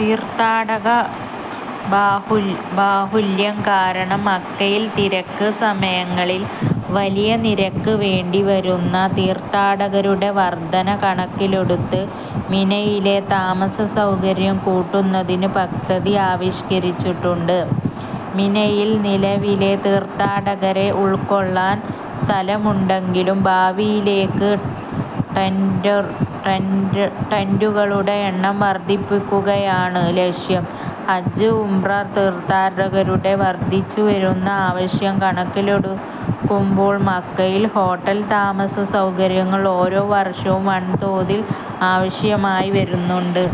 തീർത്ഥാടക ബാഹുല്യം കാരണം മക്കയിൽ തിരക്ക് സമയങ്ങളിൽ വലിയ നിരക്ക് വേണ്ടി വരുന്നു. തീർത്ഥാടകരുടെ വർധന കണക്കിലെടുത്ത് മിനയിലെ താമസ സൗകര്യം കൂട്ടുന്നത്തിനു പദ്ധതി ആവിഷ്കരിച്ചിട്ടുണ്ട്. മിനയിൽ നിലവിലെ തീർത്ഥാടകരെ ഉൾക്കൊള്ളാൻ സ്ഥലമുണ്ടെങ്കിലും ഭാവിയിലേക്ക് ടെന്റുകളുടെ എണ്ണം വർധിപ്പിക്കുകയാണ് ലക്ഷ്യം. ഹജ്ജ്, ഉംറ തീർത്ഥാടകരുടെ വർധിച്ചുവരുന്ന ആവശ്യം കണക്കിലെടുക്കുമ്പോൾ മക്കയിൽ ഹോട്ടൽ, താമസ സൗകര്യങ്ങൾ ഓരോ വർഷവും വൻതോതിൽ ആവശ്യമായി വരുന്നുണ്ട്.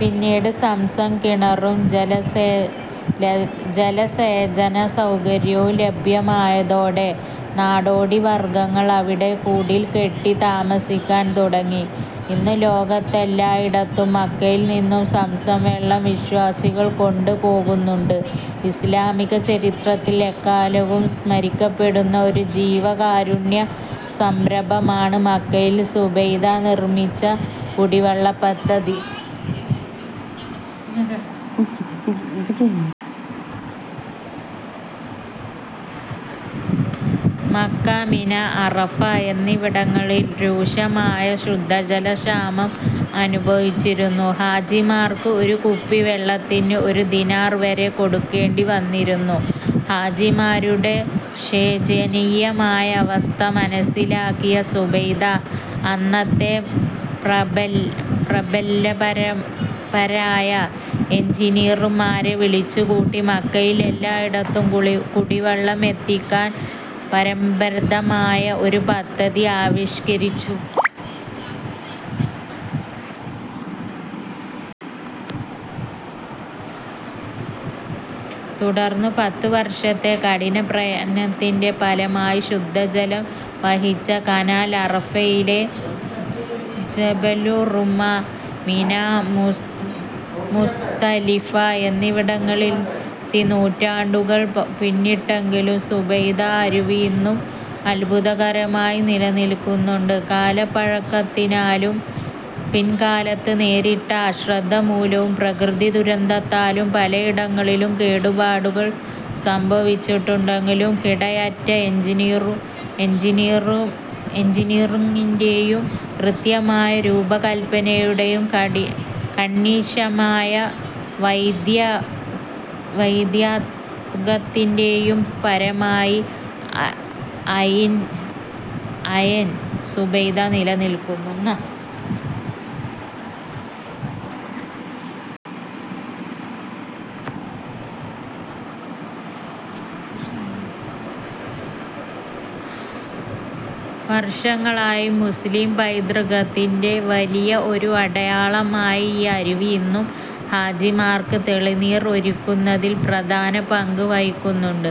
പിന്നീട് സംസം കിണറും ജലസേചന സൗകര്യവും ലഭ്യമായതോടെ നാടോടി വർഗങ്ങൾ അവിടെ കുടിൽകെട്ടി താമസിക്കാൻ തുടങ്ങി. ഇന്ന് ലോകത്തെല്ലായിടത്തും മക്കയിൽ നിന്നും സംസം വെള്ളം വിശ്വാസികൾ കൊണ്ട് പോകുന്നുണ്ട്. ഇസ്ലാമിക ചരിത്രത്തിൽ എക്കാലവും സ്മരിക്കപ്പെടുന്ന ഒരു ജീവകാരുണ്യ സംരംഭമാണ് മക്കയിൽ സുബൈദ നിർമിച്ച കുടിവെള്ള പദ്ധതി. മക്ക, മിന, അറഫ എന്നിവിടങ്ങളിൽ രൂക്ഷമായ ശുദ്ധജല ക്ഷാമം അനുഭവിച്ചിരുന്ന ഹാജിമാർക്ക് ഒരു കുപ്പി വെള്ളത്തിന് ഒരു ദിനാർ വരെ കൊടുക്കേണ്ടിവന്നിരുന്നു. ഹാജിമാരുടെ ഈ ശോചനീയാവസ്ഥ മനസ്സിലാക്കിയ സുബൈദ അന്നത്തെ പ്രഗല്ഭരായ എഞ്ചിനീയർമാരെ വിളിച്ചുകൂട്ടി മക്കയിൽ എല്ലായിടത്തും കുടിവെള്ളം എത്തിക്കാൻ പര്യാപ്തമായ ഒരു പദ്ധതി ആവിഷ്കരിച്ചു. തുടർന്ന് പത്തു വർഷത്തെ കഠിന പ്രയത്നത്തിന്റെ ഫലമായി ശുദ്ധജലം വഹിച്ച കനാൽ അറഫയിലെ ജബലുർറഹ്മ, മിന, മുസ്ദലിഫ എന്നിവിടങ്ങളിലെത്തിനൂറ്റാണ്ടുകൾ പിന്നിട്ടെങ്കിലും സുബൈദ അരുവി ഇന്നും അൽഭുതമായി നില നിൽക്കുന്നുണ്ട്. കാലപ്പഴക്കത്താലും പിൽകാലത്ത് നേരിട്ട അശ്രദ്ധമൂലവും, പ്രകൃതി ദുരന്തത്താലും, പലഇടങ്ങളിലും കേടുപാടുകൾ സംഭവിച്ചിട്ടുണ്ടെങ്കിലും കിടയറ്റ എഞ്ചീനീയറിങ്ങിൻറെയും കൃത്യമായ രൂപകൽപനയുടെയും കണിശമായ വൈദഗ്ദ്യത്തിൻറെയും പര്യായമായി ഐൻ സുബൈദ നില നിൽക്കുന്നു. വർഷങ്ങളായി, മുസ്ലിം പൈതൃകത്തിൻറെ വലിയ ഒരു അടയാളമായ ഈ അരുവി ഇന്നും ഹാജിമാർക്ക് തെളിനീർ ഒരുക്കുന്നതിൽ പ്രധാന പങ്ക് വഹിക്കുന്നുണ്ട്.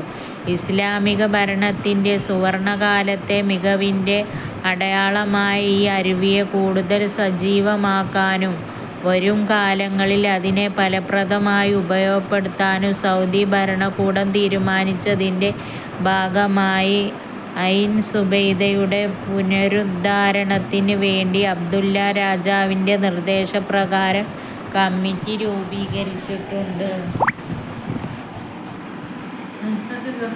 ഇസ്ലാമിക ഭരണത്തിൻറെ സുവർണ്ണകാലത്തെ മികവിൻറെ അടയാളമായ ഈ അരുവിയെ കൂടുതൽ സജീവമക്കാനും വരും കാലങ്ങളിൽ അതിനെ ഫലപ്രദമായി ഉപയോഗപ്പെടുത്താനും സൗദി ഭരണകൂടം തീരുമാനിച്ചതിന്റെ ഭാഗമായി ഐൻ സുബൈദയുടെ പുനരുദ്ധാരണത്തിന് വേണ്ടി അബ്ദുല്ല രാജാവിന്റെ നിർദ്ദേശ പ്രകാരം കമ്മിറ്റി രൂപീകരിച്ചിട്ടുണ്ട്.